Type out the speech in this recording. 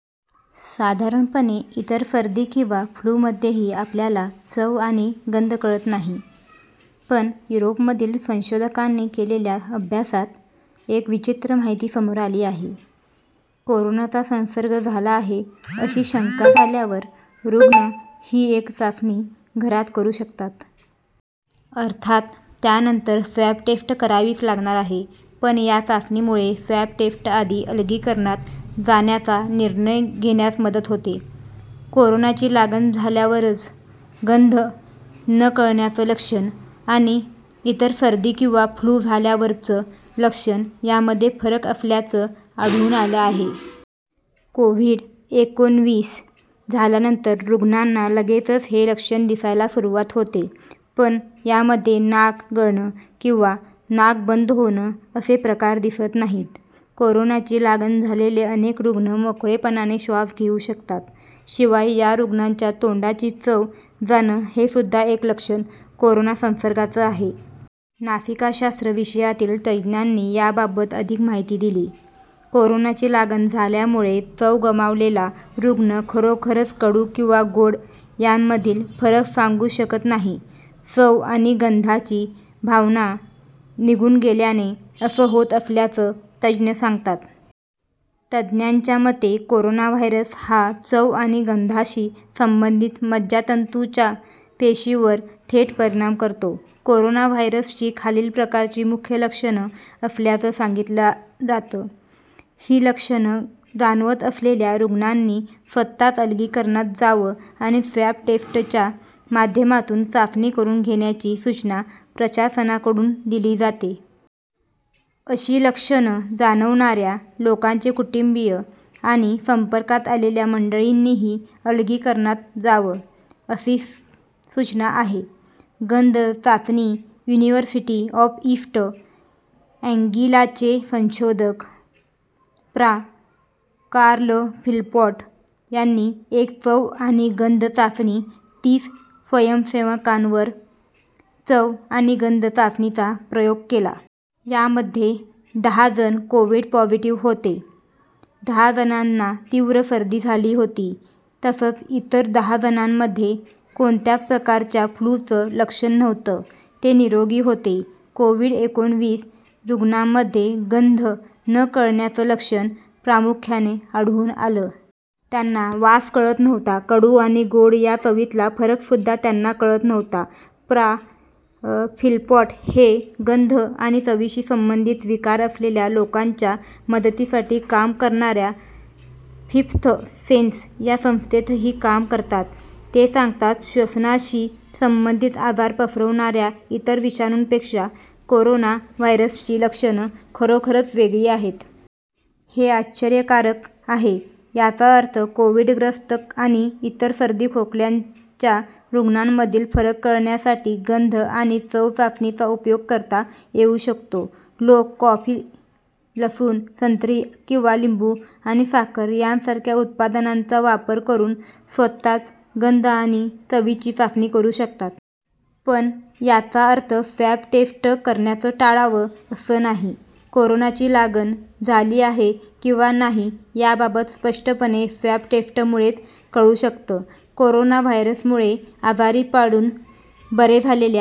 साधारणपणे, इतर सर्दी किंवा फ्लूमध्येही आपल्याला चव आणि गंध कळत नाही. पण युरोपमधील संशोधकांनी केलेल्या अभ्यासात एक विचित्र माहिती समोर आली आहे. कोरोनाचा संसर्ग झाला आहे अशी शंका आल्यावर रुग्ण ही एक चाचणी घरात करू शकतात. अर्थात त्यानंतर स्वॅब टेस्ट करावीच लागणार आहे. पण या चाचणीमुळे स्वॅब टेस्टआधी अलगीकरणात जाण्याचा निर्णय घेण्यास मदत होते. कोरोनाची लागण झाल्यावरचं गंध न कळण्याचं लक्षणं आणि इतर सर्दी किंवा फ्लू झाल्यावरचं लक्षण यामध्ये फरक असल्याचं आढळून आलं आहे. कोव्हिड-एकोणविस झाल्यानंतर रुग्णांना लगेचच हे लक्षण दिसायला सुरुवात होते. पण यामध्ये नाक गळणं किंवा नाक बंद होणं असे प्रकार दिसत नाहीत. कोरोनाची लागण झालेले अनेक रुग्ण मोकळेपणाने श्वास घेऊ शकतात. शिवाय या रुग्णांच्या तोंडाची चव जाणं हेसुद्धा एक लक्षण कोरोना संसर्गाचं आहे. नासिकाशास्त्र विषयातील तज्ज्ञांनी याबाबत अधिक माहिती दिली. कोरोनाची लागण झाल्यामुळे चव गमावलेला रुग्ण खरोखरच कडू किंवा गोड यांमधील फरक सांगू शकत नाही. चव आणि गंधाची भावना निघून गेल्याने असं होत असल्याचं तज्ज्ञ सांगतात. तज्ज्ञांच्या मते, कोरोना व्हायरस हा चव आणि गंधाशी संबंधित मज्जातंतूच्या पेशींवर थेट परिणाम करतो. कोरोना व्हायरसची खालील प्रकारची मुख्य लक्षणं असल्याचं सांगितलं जातं. ही लक्षणं जाणवत असलेल्या रुग्णांनी स्वतःच अलगीकरणात जावं आणि स्वॅब टेस्टच्या माध्यमातून चाचणी करून घेण्याची सूचना प्रशासनाकडून दिली जाते. अशी लक्षणं जाणवणाऱ्या लोकांचे कुटुंबीय आणि संपर्कात आलेल्या मंडळींनीही अलगीकरणात जावं, असी सूचना आहे. गंध चाचणी युनिव्हर्सिटी ऑफ ईस्ट अँगिलाचे संशोधक प्रा. कार्ल फिलपॉट यांनी एक चव आणि गंध चाचणी तीस स्वयंसेवकांवर चव आणि गंध चाचणीचा प्रयोग केला. यामध्ये दहा जण कोव्हिड पॉझिटिव्ह होते. दहा जणांना तीव्र सर्दी झाली होती तसंच इतर दहा जणांमध्ये कोणत्याच प्रकारच्या फ्लूचं लक्षण नव्हतं. ते निरोगी होते. कोव्हिड-एकोणविस रुग्णांमध्ये गंध न कळण्याचं लक्षण प्रामुख्याने आढळून आलं. त्यांना वास कळत नव्हता. कडू आणि गोड या चवीतला फरकसुद्धा त्यांना कळत नव्हता. प्रा. फिलपॉट हे गंध आणि चवीशी संबंधित विकार असलेल्या लोकांच्या मदतीसाठी काम करणाऱ्या फिफ्थ सेन्स या संस्थेतही काम करतात. ते सांगतात, श्वसनाशी संबंधित आजार पसरवणाऱ्या इतर विषाणूंपेक्षा कोरोना व्हायरसची लक्षणं खरोखरच वेगळी आहेत. हे आश्चर्यकारक आहे. याचा अर्थ कोव्हिडग्रस्त आणि इतर सर्दी खोकल्यांच्या रुग्णांमधील फरक कळण्यासाठी गंध आणि चव चाचणीचा उपयोग करता येऊ शकतो. लोक कॉफी, लसूण, संत्री किंवा लिंबू आणि साखर यांसारख्या उत्पादनांचा वापर करून स्वतःच गंध आणि चवीची चाचणी करू शकतात. पण याचा अर्थ स्वॅब टेस्ट करण्याचं टाळावं, असं नाही. कोरोनाची लागण झाली आहे किंवा नाही याबाबत स्पष्टपणे स्वॅब टेस्टमुळेच कळू शकतं. कोरोना व्हायरसमुळे आजारी पडून बरे झालेल्या